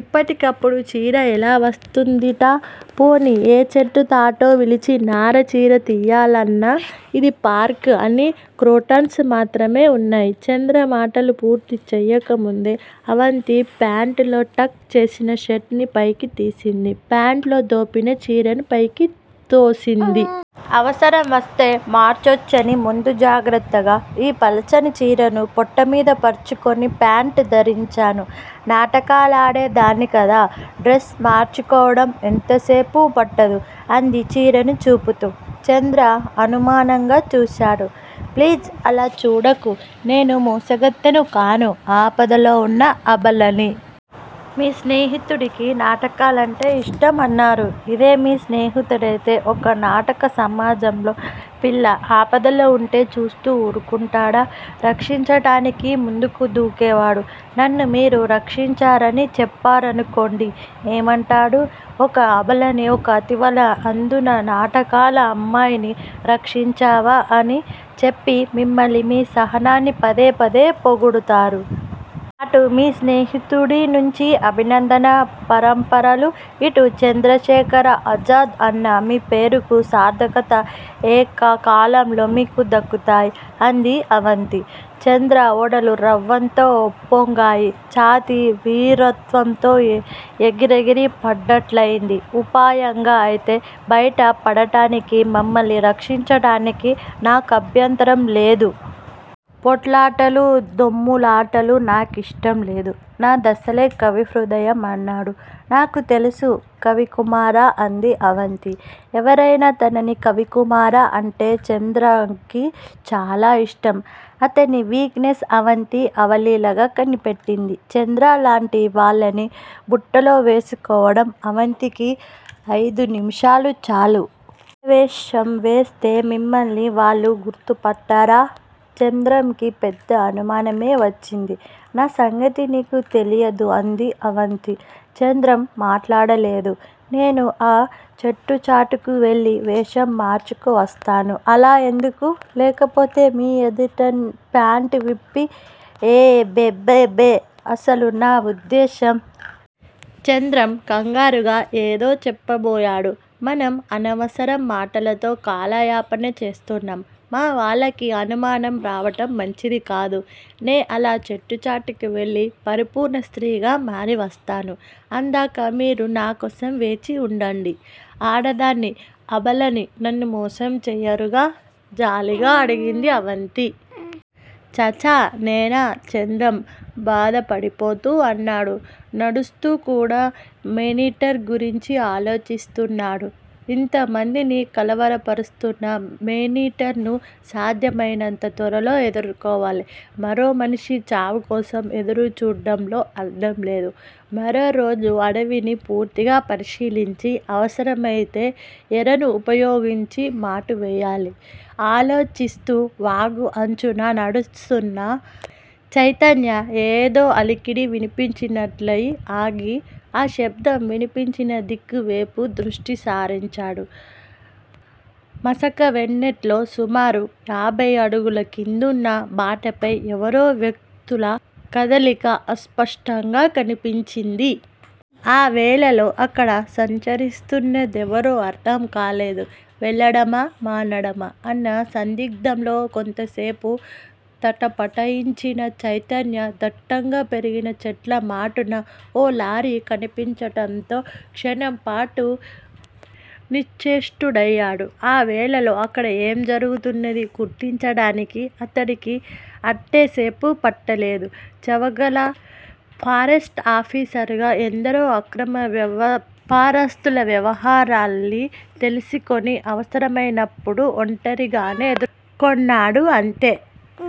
ఇప్పటికప్పుడు చీర ఎలా వస్తూందిట? పోనీ ఏ చెట్టు తాటో విలిచి నార చీర తియ్యాలన్నా ఇది పార్కు అన్నీ క్రోటన్స్ మాత్రమే వున్నాయి. చంద్ర మాటలు పూర్తి చేయకముందే అవంతి ప్యాంట్ లో టక్ చేసిన షర్ట్ ని పైకి తీసింది. ప్యాంటులో దోపిన చీరని పైకి తోసింది. అవసరం వస్తే మార్చొచ్చని ముందు జాగ్రత్తగా ఈ పల్చని చీరను పొట్టమీద పర్చుకొని ప్యాంటు ధరించాను. నాటకాలాడే దాన్ని కదా! డ్రస్ మార్చుకోవటం ఎంతసేపు పట్టదు అంది చీరని చూపుతూ. చంద్ర అనుమానంగా చూశాడు. ప్లీజ్ అలా చూడకు. నేను మోసగత్తెను కాను. ఆపదలో వున్న అబలని. మీ స్నేహితుడికి నాటకాలంటే యిష్టం అన్నారు. ఇదే మీ స్నేహితుడైతే ఒక నాటక సమాజంలో పిల్ల ఆపదలో వుంటే చూస్తూ వూరుకుంటాడా? రక్షించటానికి ముందుకు దూకేవాడు, నన్నుమీరు రక్షించారని చెప్పారనుకోండి. ఏమంటాడు? ఒక అబలని ఒక అతివల అందునా నాటకాల అమ్మాయిని రక్షించావా అని చెప్పి మిమ్మల్ని మీ సాహనాన్ని పదే పదే పొగుడుతాడు. అటు మీ స్నేహితుడి నుంచి అభినందన పరంపరలు ఇటు చంద్రశేఖర ఆజాద్ అన్న మీ పేరుకి సార్ధకత ఏకకాలంలో మీకు దక్కుతాయి అంది అవంతి. చంద్ర ఒడలు రవంత ఉప్పొంగాయి. ఛాతీ వీరత్వంతో ఎగిరెగిరి పడ్డట్లయింది. ఉపాయంగా అయితే బైట పడటానికి మమ్మల్ని రక్షించటానికి నాకభ్యంతరం లేదు. పోట్లాటలు దొమ్ములాటలు నా కిష్టం లేదు. నా దసలే కవి హృదయం అన్నాడు. నాకు తెలుసు కవికుమారా అంది అవంతి. ఎవరైనా తనని కవికుమారా అంటే చంద్రాంకి చాలా యిష్టం. అతని వీక్ నెస్ అవంతి అవలీలగా కనిపెట్టింది. చంద్రలాంటి వాళ్ళని బుట్టలో వేసుకోడం అవంతికి అయిదు నిమిషాలు చాలు. ఆడవేషం వేస్తే మిమ్మల్ని వాళ్ళు గుర్తుపట్టరా? చంద్రంకి పెద్ద అనుమానమే వచ్చింది. నా సంగతి నీకు తెలియదు అంది అవంతి. చంద్రం మాట్లాడలేదు. నేను ఆ చెట్టుచాటుకి వెళ్ళి వేషం మార్చుకు వస్తాను. అలా ఎందుకు? లేకపోతే మీ ఎదుట ప్యాంటు విప్పి ఎబ్బెబ్బెబ్బె అసలు నా వుద్దేశ్యం! చంద్రం కంగారుగా ఏదో చెప్పబోయాడు. మనం అనవసరం మాటలతో కాలయాపన చేస్తున్నాము. మా వాళ్ళకి అనుమానం రావటం మంచిదికాదు. నే అలా చెట్టుచాటుకి వెళ్ళి పరిపూర్ణ స్త్రీగా మారి వస్తాను. అందాకా మీరు నాకోసం వేచి వుండండి. ఆడదాన్ని అబలని నన్ను మోసం చేయరుగా? జాలిగా అడిగింది అవంతి. ఛా ఛా నేనా! చంద్రం బాధపడిపోతూ అన్నాడు. నడుస్తూకూడా మేనీటర్ గురించి ఆలోచిస్తున్నాడు. ఇంతమందిని కలవర పరుస్తున్న మేనీటర్ ను సాధ్యమయినంత త్వరలో ఎదుర్కోవాలి. మరో మనిషి చావుకోసం ఎదురుచూడ్డంలో అర్ధంలేదు. మరోరోజు అడవిని పూర్తిగా పరిశీలించి, అవసరమయితే ఎరను ఉపయోగించి మాటు వేయాలి. ఆలోచిస్తూ వాగు అంచున నడుస్తున్న చైతన్య ఏదో అలికిడి వినిపించినట్లయి ఆగి, ఆ శబ్దం వినిపించిన దిక్కువేపు దృష్టి సారించాడు మసక వెన్నెట్లో సుమారు యాభై అడుగుల కిందున్న బాటపై యెవరో వ్యక్తుల కదలిక అస్పష్టంగా కనిపించింది. ఆ వేళలో అక్కడ సంచరిస్తున్న దెవరో అర్ధం కాలేదు. వెళ్ళడమా, మానడమా అన్న సందిగ్ధంలో కొంతసేపు తటపటయించిన చైతన్య దట్టంగా పెరిగిన చెట్లమాటున ఓ లారీ కనిపించటంతో క్షణంపాటు నిశ్చేష్టుడయ్యాడు. ఆ వేళలో అక్కడ ఏం జరుగుతున్నదీ గుర్తించడానికి అతడికి అట్టేసేపు పట్టలేదు. చేవగల ఫారెస్టాఫీసరుగా ఎందరో అక్రమ వ్యాపారస్తుల వ్యవహారాల్ని తెలిసికొని అవసరమైనప్పుడు ఒంటరిగానే ఎదుర్కొన్నాడు. అంతే